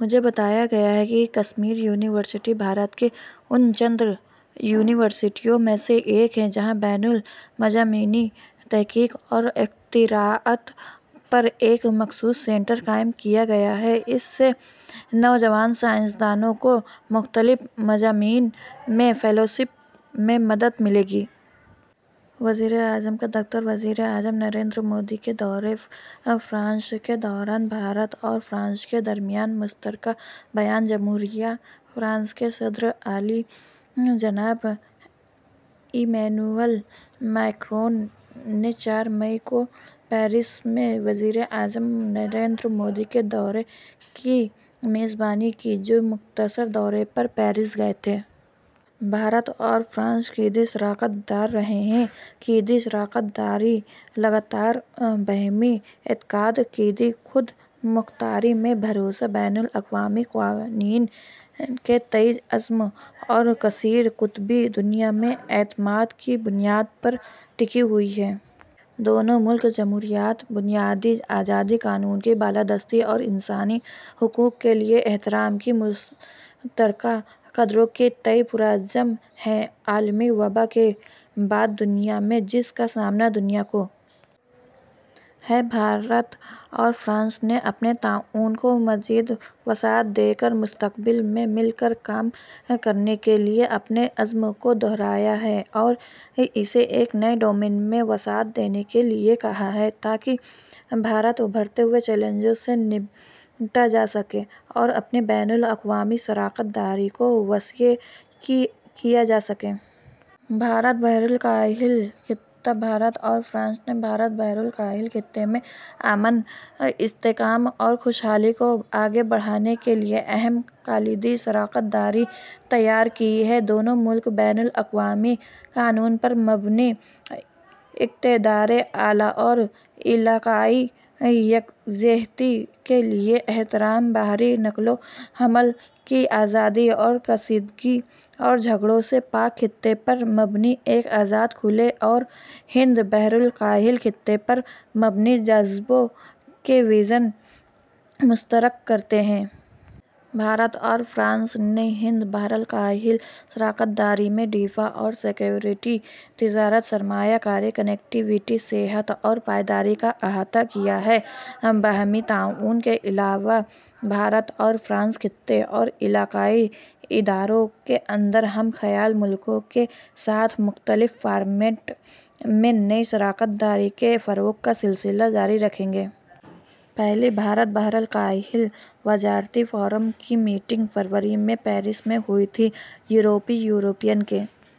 مجھے بتایا گیا ہے کہ کشمیر یونیورسٹی بھارت کی اُن چند یونیورسٹیوں میں سے ایک ہے، جہاں بین مضامینی تحقیق اور اختراعات پر ایک مخصوص سینٹر قائم کیا گیا ہے۔ اس سے نوجوان سائنس دانوں کو مختلف مضامین میں فیلو شپ میں مدد ملے گی۔ وزیراعظم کا دفتر۔ وزیراعظم نریندر مودی کے دورہ فرانس کے دوران بھارت اور فرانس کے درمیان مشترکہ بیان۔ جمہوریہ فرانس کے صدر عالی جناب ایمنوئل میخواں نے چار مئی کو پیرس میں وزیراعظم نریندر مودی کے دورے کی میزبانی کی، جو مختصر دورے پر پیرس گئے تھے۔ بھارت اور فرانس کلیدی شراکت دار رہے ہیں۔ کلیدی شراکت داری لگاتار باہمی اعتقاد، کلیدی خود مختاری میں بھروسہ، بین الاقوامی قوانین کے تئیں عزم اور کثیر قطبی دنیا میں اعتماد کی بنیاد پر ٹکی ہوئی ہے۔ دونوں ملک جمہوریت، بنیادی آزادی، قانون کی بالادستی اور انسانی حقوق کے لیے احترام کی مشترکہ قدروں کے تئیں پرعزم ہیں۔ عالمی وبا کے بعد کی دنیا میں، جس کا سامنا دنیا کو ہے، بھارت اور فرانس نے اپنے تعاون کو مزید وسعت دے کر مستقبل میں مل کر کام کرنے کے اپنے عزم کو دہرایا ہے اور اسے ایک نئے ڈومین میں وسعت دینے کے لیے کہا ہے تاکہ ابھرتے ہوئے چیلنجوں سے نمٹا جا سکے اور اپنی بین الاقوامی شراکت داری کو وسیع کیا جا سکے۔ بھارت بحرالکاہل خطہ۔ بھارت اور فرانس نے بھارت بحرالکاہل خطے میں امن، استحکام اور خوش حالی کو آگے بڑھانے کے لیے اہم کلیدی شراکت داری تیار کی ہے۔ دونوں ملک بین الاقوامی قانون پر مبنی اقتدار اعلیٰ اور علاقائی یکجہتی کے لیے احترام، بحری نقل و حمل کی آزادی اور کشیدگی اور جھگڑوں سے پاک خطے پر مبنی ایک آزاد، کھلے اور ہند بحرالکاہل خطے پر مبنی ضابطوں کے ویژن مشترک کرتے ہیں۔ بھارت اور فرانس نے ہند بحرالکاہل شراکت داری میں دفاع اور سکیورٹی، تجارت، سرمایہ کاری، کنکٹی وٹی، صحت اور پائیداری کا احاطہ کیا ہے۔ باہمی تعاون کے علاوہ، بھارت اور فرانس خطے اور علاقائی اداروں کے اندر ہم خیال ملکوں کے ساتھ مختلف فارمیٹ میں نئی شراکت داری کے فروغ کا سلسلہ جاری رکھیں گے۔ پہلی بھارت بحرالکاہل وزارتی فورم کی میٹنگ فروری میں پیرس میں ہوئی تھی۔ یورپی یونین کے